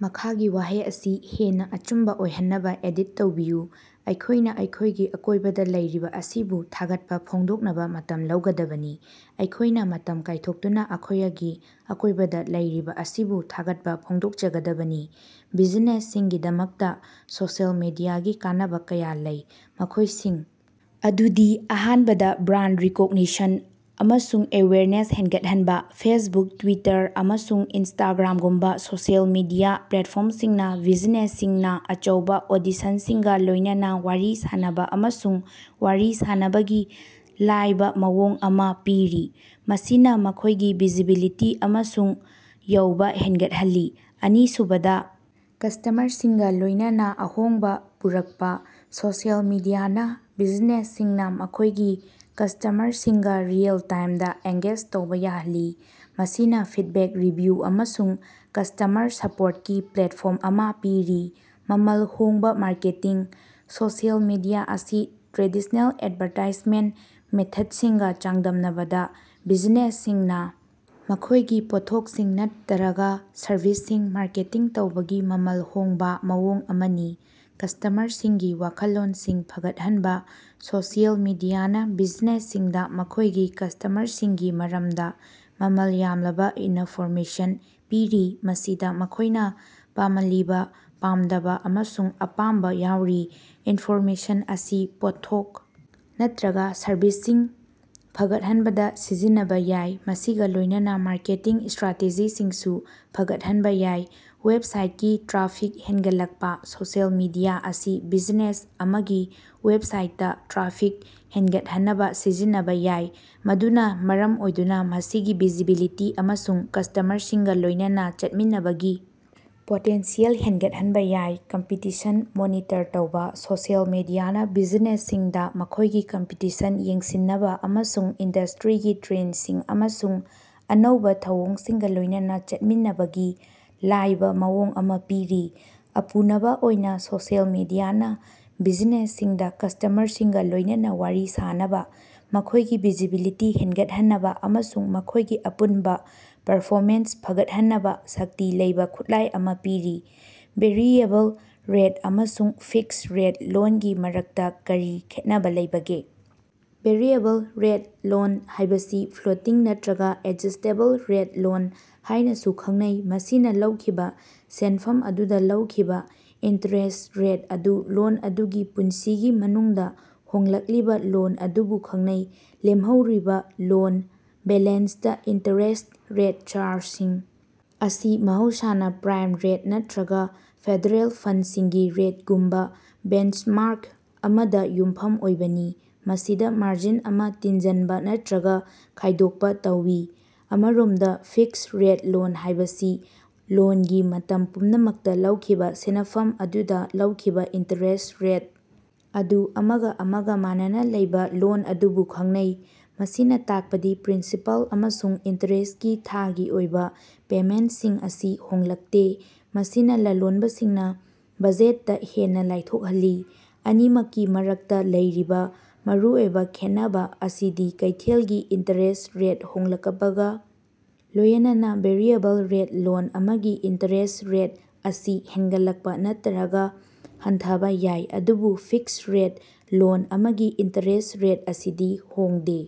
ꯃꯈꯥꯒꯤ ꯋꯥꯍꯩ ꯑꯁꯤ ꯍꯦꯟꯅ ꯑꯆꯨꯝꯕ ꯑꯣꯏꯍꯟꯅꯕ ꯑꯦꯗꯤꯠ ꯇꯧꯕꯤꯌꯨ꯫ ꯑꯩꯈꯣꯏꯅ ꯑꯩꯈꯣꯏꯒꯤ ꯑꯀꯣꯏꯕꯗ ꯂꯩꯔꯤꯕ ꯑꯁꯤꯕꯨ ꯊꯥꯒꯠꯄ ꯐꯣꯡꯗꯣꯛꯅꯕ ꯃꯇꯝ ꯂꯧꯒꯗꯕꯅꯤ꯫ ꯑꯩꯈꯣꯏꯅ ꯃꯇꯝ ꯀꯥꯏꯊꯣꯛꯇꯨꯅ ꯑꯩꯈꯣꯌꯒꯤ ꯑꯀꯣꯏꯕꯗ ꯂꯩꯔꯤꯕ ꯑꯁꯤꯕꯨ ꯊꯥꯒꯠꯄ ꯐꯣꯡꯗꯣꯛꯆꯒꯗꯕꯅꯤ꯫ ꯕꯤꯖꯤꯅꯦꯁꯁꯤꯡꯒꯤꯗꯃꯛꯇ ꯁꯣꯁꯤꯑꯦꯜ ꯃꯤꯗꯤꯌꯥꯒꯤ ꯀꯥꯟꯅꯕ ꯀꯌꯥ ꯂꯩ, ꯃꯈꯣꯏꯁꯤꯡ ꯑꯗꯨꯗꯤ: ꯑꯍꯥꯟꯕꯗ, ꯕ꯭ꯔꯥꯟꯗ ꯔꯤꯀ꯭ꯣꯒꯅꯤꯁꯟ ꯑꯃꯁꯨꯡ ꯑꯦꯋꯦꯌ꯭ꯔꯅꯦꯁ ꯍꯦꯟꯒꯠꯍꯟꯕ: ꯐꯦꯁꯕꯨꯛ, ꯇ꯭ꯋꯤꯇꯔ, ꯑꯃꯁꯨꯡ ꯏꯟꯁꯇꯥꯒ꯭ꯔꯥꯝꯒꯨꯝꯕ ꯁꯣꯁꯤꯑꯦꯜ ꯃꯤꯗꯤꯌꯥ ꯄ꯭ꯂꯦꯠꯐ꯭ꯣꯔꯝꯁꯤꯡꯅ ꯕꯤꯖꯤꯅꯦꯁꯁꯤꯡꯅ ꯑꯆꯧꯕꯥ ꯑꯣꯗꯤꯁꯟꯁꯤꯡꯒ ꯂꯣꯏꯅꯅ ꯋꯥꯔꯤ ꯁꯥꯅꯕ ꯑꯃꯁꯨꯡ ꯋꯥꯔꯤ ꯁꯥꯅꯕꯒꯤ ꯂꯥꯏꯕ ꯃꯑꯣꯡ ꯑꯃꯥ ꯄꯤꯔꯤ, ꯃꯁꯤꯅ ꯃꯈꯣꯏꯒꯤ ꯚꯤꯖꯤꯕꯤꯂꯤꯇꯤ ꯑꯃꯁꯨꯡ ꯌꯧꯕ ꯍꯦꯡꯒꯠꯍꯜꯂꯤ꯫ ꯑꯅꯤꯁꯨꯕꯗ, ꯀ꯭ꯁꯇꯃ꯭ꯔꯁꯤꯡꯒ ꯂꯣꯏꯅꯅ ꯑꯍꯣꯡꯕ ꯄꯨꯔꯛꯄ: ꯁꯣꯁꯤꯑꯦꯜ ꯃꯤꯗꯤꯌꯥꯅ ꯕꯤꯖꯤꯅꯦꯁꯁꯤꯡꯅ ꯃꯈꯣꯏꯒꯤ ꯀ꯭ꯁꯇꯃ꯭ꯔꯁꯤꯡꯒ ꯔꯤꯑꯦꯜ-ꯇꯥꯏꯝꯗ ꯑꯦꯡꯒꯦꯖ ꯇꯧꯕꯥ ꯌꯥꯍꯜꯂꯤ, ꯃꯁꯤꯅ ꯐꯤꯗꯕꯦꯛ, ꯔꯤꯚ꯭ꯌꯨ ꯑꯃꯁꯨꯡ ꯀ꯭ꯁꯇꯃ꯭ꯔ ꯁꯄꯣꯔꯠꯀꯤ ꯄ꯭ꯂꯦꯠꯐ꯭ꯣꯔꯝ ꯑꯃꯥ ꯄꯤꯔꯤ꯫ ꯃꯃꯜ ꯍꯣꯡꯕ ꯃꯥꯔꯀꯦꯇꯤꯡ: ꯁꯣꯁꯤꯑꯦꯜ ꯃꯤꯗꯤꯌꯥ ꯑꯁꯤ ꯇ꯭ꯔꯦꯗꯤꯁꯅꯦꯜ ꯑꯦꯗꯚꯥꯔꯇꯥꯏꯖꯃꯦꯟꯠ ꯃꯦꯊꯠꯁꯤꯡꯒ ꯆꯥꯡꯗꯝꯅꯕꯗ, ꯕꯤꯖꯤꯅꯦꯁꯁꯤꯡꯅ ꯃꯈꯣꯏꯒꯤ ꯄꯣꯠꯊꯣꯛꯁꯤꯡ ꯅꯠꯇꯔꯒ ꯁꯔꯚꯤꯁꯁꯤꯡ ꯃꯥꯔꯀꯦꯇꯤꯡ ꯇꯧꯕꯒꯤ ꯃꯃꯜ ꯍꯣꯡꯕꯥ ꯃꯑꯣꯡ ꯑꯃꯅꯤ꯫ ꯀ꯭ꯁꯇꯃ꯭ꯔꯁꯤꯡꯒꯤ ꯋꯥꯈꯜꯂꯣꯟꯁꯤꯡ ꯐꯒꯠꯍꯟꯕ: ꯁꯣꯁꯤꯑꯦꯜ ꯃꯤꯗꯤꯌꯥꯅ ꯕꯤꯖꯤꯅꯦꯁꯁꯤꯡꯗ ꯃꯈꯣꯏꯒꯤ ꯀ꯭ꯁꯇꯃ꯭ꯔꯁꯤꯡꯒꯤ ꯃꯔꯝꯗ ꯃꯃꯜ ꯌꯥꯝꯂꯕ ꯏꯅꯐꯣꯔꯃꯦꯁꯟ ꯄꯤꯔꯤ, ꯃꯁꯤꯗ ꯃꯈꯣꯏꯅ ꯄꯥꯃꯂꯤꯕ, ꯄꯥꯝꯗꯕ ꯑꯃꯁꯨꯡ ꯑꯄꯥꯝꯕ ꯌꯥꯎꯔꯤ꯫ ꯏꯟꯐꯣꯔꯃꯦꯁꯟ ꯑꯁꯤ ꯄꯣꯠꯊꯣꯛ ꯅꯠꯇꯔꯒ ꯁꯔꯚꯤꯁꯁꯤꯡ ꯐꯒꯠꯍꯟꯕꯗ ꯁꯤꯖꯤꯟꯅꯕ ꯌꯥꯏ, ꯃꯁꯤꯒ ꯂꯣꯏꯅꯅ ꯃꯥꯔꯀꯦꯇꯤꯡ ꯁ꯭ꯇꯔꯥꯇꯦꯖꯤꯁꯤꯡꯁꯨ ꯐꯒꯠꯍꯟꯕ ꯌꯥꯏ꯫ ꯋꯦꯕꯁꯥꯏꯠꯀꯤ ꯇ꯭ꯔꯥꯐꯤꯛ ꯍꯦꯡꯒꯠꯂꯛꯄꯥ: ꯁꯣꯁꯤꯑꯦꯜ ꯃꯤꯗꯤꯌꯥ ꯑꯁꯤ ꯕꯤꯖꯤꯅꯦꯁ ꯑꯃꯒꯤ ꯋꯦꯕꯁꯥꯏꯠꯇ ꯇ꯭ꯔꯥꯐꯤꯛ ꯍꯦꯡꯒꯠꯍꯟꯅꯕ ꯁꯤꯖꯤꯟꯅꯕ ꯌꯥꯏ, ꯃꯗꯨꯅ ꯃꯔꯝ ꯑꯣꯏꯗꯨꯅ ꯃꯁꯤꯒꯤ ꯚꯤꯖꯤꯕꯤꯂꯤꯇꯤ ꯑꯃꯁꯨꯡ ꯀ꯭ꯁꯇꯃ꯭ꯔꯁꯤꯡꯒ ꯂꯣꯏꯅꯅ ꯆꯠꯃꯤꯟꯅꯕꯒꯤ ꯄꯣꯇꯦꯟꯁꯤꯑꯦꯜ ꯍꯦꯡꯒꯠꯍꯟꯕ ꯌꯥꯏ꯫ ꯀꯝꯄꯤꯇꯤꯁꯟ ꯃꯣꯅꯤꯇꯔ ꯇꯧꯕ: ꯁꯣꯁꯤꯑꯦꯜ ꯃꯤꯗꯤꯌꯥꯅ ꯕꯤꯖꯤꯅꯦꯁꯁꯤꯡꯗ ꯃꯈꯣꯏꯒꯤ ꯀꯝꯄꯤꯇꯤꯁꯟ ꯌꯦꯡꯁꯤꯟꯅꯕ ꯑꯃꯁꯨꯡ ꯏꯟꯗꯁ꯭ꯇꯔꯤꯒꯤ ꯇ꯭ꯔꯦꯟꯁꯤꯡ ꯑꯃꯁꯨꯡ ꯑꯅꯧꯕ ꯊꯧꯑꯣꯡꯁꯤꯡꯒ ꯂꯣꯏꯅꯅ ꯆꯠꯃꯤꯟꯅꯕꯒꯤ ꯂꯥꯏꯕ ꯃꯑꯣꯡ ꯑꯃ ꯄꯤꯔꯤ꯫ ꯑꯄꯨꯅꯕ ꯑꯣꯏꯅ ꯁꯣꯁꯤꯑꯦꯜ ꯃꯤꯗꯤꯌꯥꯅ ꯕꯤꯖꯤꯅꯦꯁꯁꯤꯡꯗ ꯀ꯭ꯁꯇꯃ꯭ꯔꯁꯤꯡꯒ ꯂꯣꯏꯅꯅ ꯋꯥꯔꯤ ꯁꯥꯅꯕ, ꯃꯈꯣꯏꯒꯤ ꯚꯤꯖꯤꯕꯤꯂꯤꯇꯤ ꯍꯦꯡꯒꯠꯍꯟꯅꯕ ꯑꯃꯁꯨꯡ ꯃꯈꯣꯏꯒꯤ ꯑꯄꯨꯟꯕ ꯄꯔꯐꯣꯃꯦꯟꯁ ꯐꯒꯠꯍꯟꯅꯕ ꯁꯛꯇꯤ ꯂꯩꯕ ꯈꯨꯠꯂꯥꯏ ꯑꯃ ꯄꯤꯔꯤ꯫ ꯚꯦꯔꯤꯑꯦꯕꯜ ꯔꯦꯠ ꯑꯃꯁꯨꯡ ꯐꯤꯛꯁ ꯔꯦꯠ ꯂꯣꯟꯒꯤ ꯃꯔꯛꯇ ꯀꯔꯤ ꯈꯦꯠꯅꯕ ꯂꯩꯕꯒꯦ? ꯚꯦꯔꯤꯑꯦꯕꯜ ꯔꯦꯠ ꯂꯣꯟ ꯍꯥꯏꯕꯁꯤ ꯐ꯭ꯂꯣꯇꯤꯡ ꯅꯠꯇꯔꯒ ꯑꯦꯗꯖ꯭ꯁꯇꯦꯕꯜ ꯔꯦꯠ ꯂꯣꯟ ꯍꯥꯏꯅꯁꯨ ꯈꯪꯅꯩ, ꯃꯁꯤꯅ ꯂꯧꯈꯤꯕ ꯁꯦꯟꯐꯝ ꯑꯗꯨꯗ ꯂꯧꯈꯤꯕ ꯏꯟꯇꯔꯦꯁ꯭ꯠ ꯔꯦꯠ ꯑꯗꯨ ꯂꯣꯟ ꯑꯗꯨꯒꯤ ꯄꯨꯟꯁꯤꯒꯤ ꯃꯅꯨꯡꯗ ꯍꯣꯡꯂꯛꯂꯤꯕ ꯂꯣꯟ ꯑꯗꯨꯕꯨ ꯈꯪꯅꯩ꯫ ꯂꯦꯝꯍꯧꯔꯤꯕ ꯂꯣꯟ ꯕꯦꯂꯦꯟꯁꯇ ꯏꯟꯇꯔꯦꯁ꯭ꯠ ꯔꯦꯠ ꯆꯥ꯭ꯔꯖꯁꯤꯡ ꯑꯁꯤ ꯃꯍꯧꯁꯥꯅ ꯄ꯭ꯔꯥꯏꯝ ꯔꯦꯠ ꯅꯠꯇꯔꯒ ꯐꯦꯗꯔꯦꯜ ꯐꯟꯗꯁꯤꯡꯒꯤ ꯔꯦꯠꯒꯨꯝꯕ ꯕꯦꯟꯆꯃꯥ꯭ꯔꯛ ꯑꯃꯗ ꯌꯨꯝꯐꯝ ꯑꯣꯏꯕꯅꯤ, ꯃꯁꯤꯗ ꯃꯥꯔꯖꯤꯟ ꯑꯃ ꯇꯤꯟꯖꯟꯕ ꯅꯠꯇꯔꯒ ꯈꯥꯏꯗꯣꯛꯄ ꯇꯧꯏ꯫ ꯑꯃꯔꯣꯝꯗ, ꯐꯤꯛꯁ ꯔꯦꯠ ꯂꯣꯟ ꯍꯥꯏꯕꯁꯤ ꯂꯣꯟꯒꯤ ꯃꯇꯝ ꯄꯨꯝꯅꯃꯛꯇ ꯂꯧꯈꯤꯕ ꯁꯦꯅꯐꯝ ꯑꯗꯨꯗ ꯂꯧꯈꯤꯕ ꯏꯟꯇꯔꯦꯁ꯭ꯠ ꯔꯦꯠ ꯑꯗꯨ ꯑꯃꯒ ꯑꯃꯒ ꯃꯥꯟꯅꯅ ꯂꯩꯕ ꯂꯣꯟ ꯑꯗꯨꯕꯨ ꯈꯪꯅꯩ꯫ ꯃꯁꯤꯅ ꯇꯥꯛꯄꯗꯤ ꯄ꯭ꯔꯤꯟꯁꯤꯄꯥꯜ ꯑꯃꯁꯨꯡ ꯏꯟꯇꯔꯦꯁ꯭ꯠꯀꯤ ꯊꯥꯒꯤ ꯑꯣꯏꯕ ꯄꯦꯃꯦꯟꯠꯁꯤꯡ ꯑꯁꯤ ꯍꯣꯡꯂꯛꯇꯦ, ꯃꯁꯤꯅ ꯂꯂꯣꯟꯕꯁꯤꯡꯅ ꯕꯖꯦꯠꯇ ꯍꯦꯟꯅ ꯂꯥꯏꯊꯣꯛꯍꯜꯂꯤ꯫ ꯑꯅꯤꯃꯛꯀꯤ ꯃꯔꯛꯇ ꯂꯩꯔꯤꯕ ꯃꯔꯨꯑꯣꯏꯕ ꯈꯦꯠꯅꯕ ꯑꯁꯤꯗꯤ ꯀꯩꯊꯦꯜꯒꯤ ꯏꯟꯇꯔꯦꯁ꯭ꯠ ꯔꯦꯠ ꯍꯣꯡꯂꯀꯄꯒꯥ ꯂꯣꯌꯅꯅꯥ ꯚꯦꯔꯤꯑꯦꯕꯜ ꯔꯦꯠ ꯂꯣꯟ ꯑꯃꯒꯤ ꯏꯟꯇꯔꯦꯁ꯭ꯠ ꯔꯦꯠ ꯑꯁꯤ ꯍꯦꯡꯒꯠꯂꯛꯄ ꯅꯠꯇꯔꯒ ꯍꯟꯊꯕ ꯌꯥꯏ ꯑꯗꯨꯕꯨ ꯐꯤꯛꯁ ꯔꯦꯠ ꯂꯣꯟ ꯑꯃꯒꯤ ꯏꯟꯇꯔꯦꯁ꯭ꯠ ꯔꯦꯠ ꯑꯁꯤꯗꯤ ꯍꯣꯡꯗꯦ꯫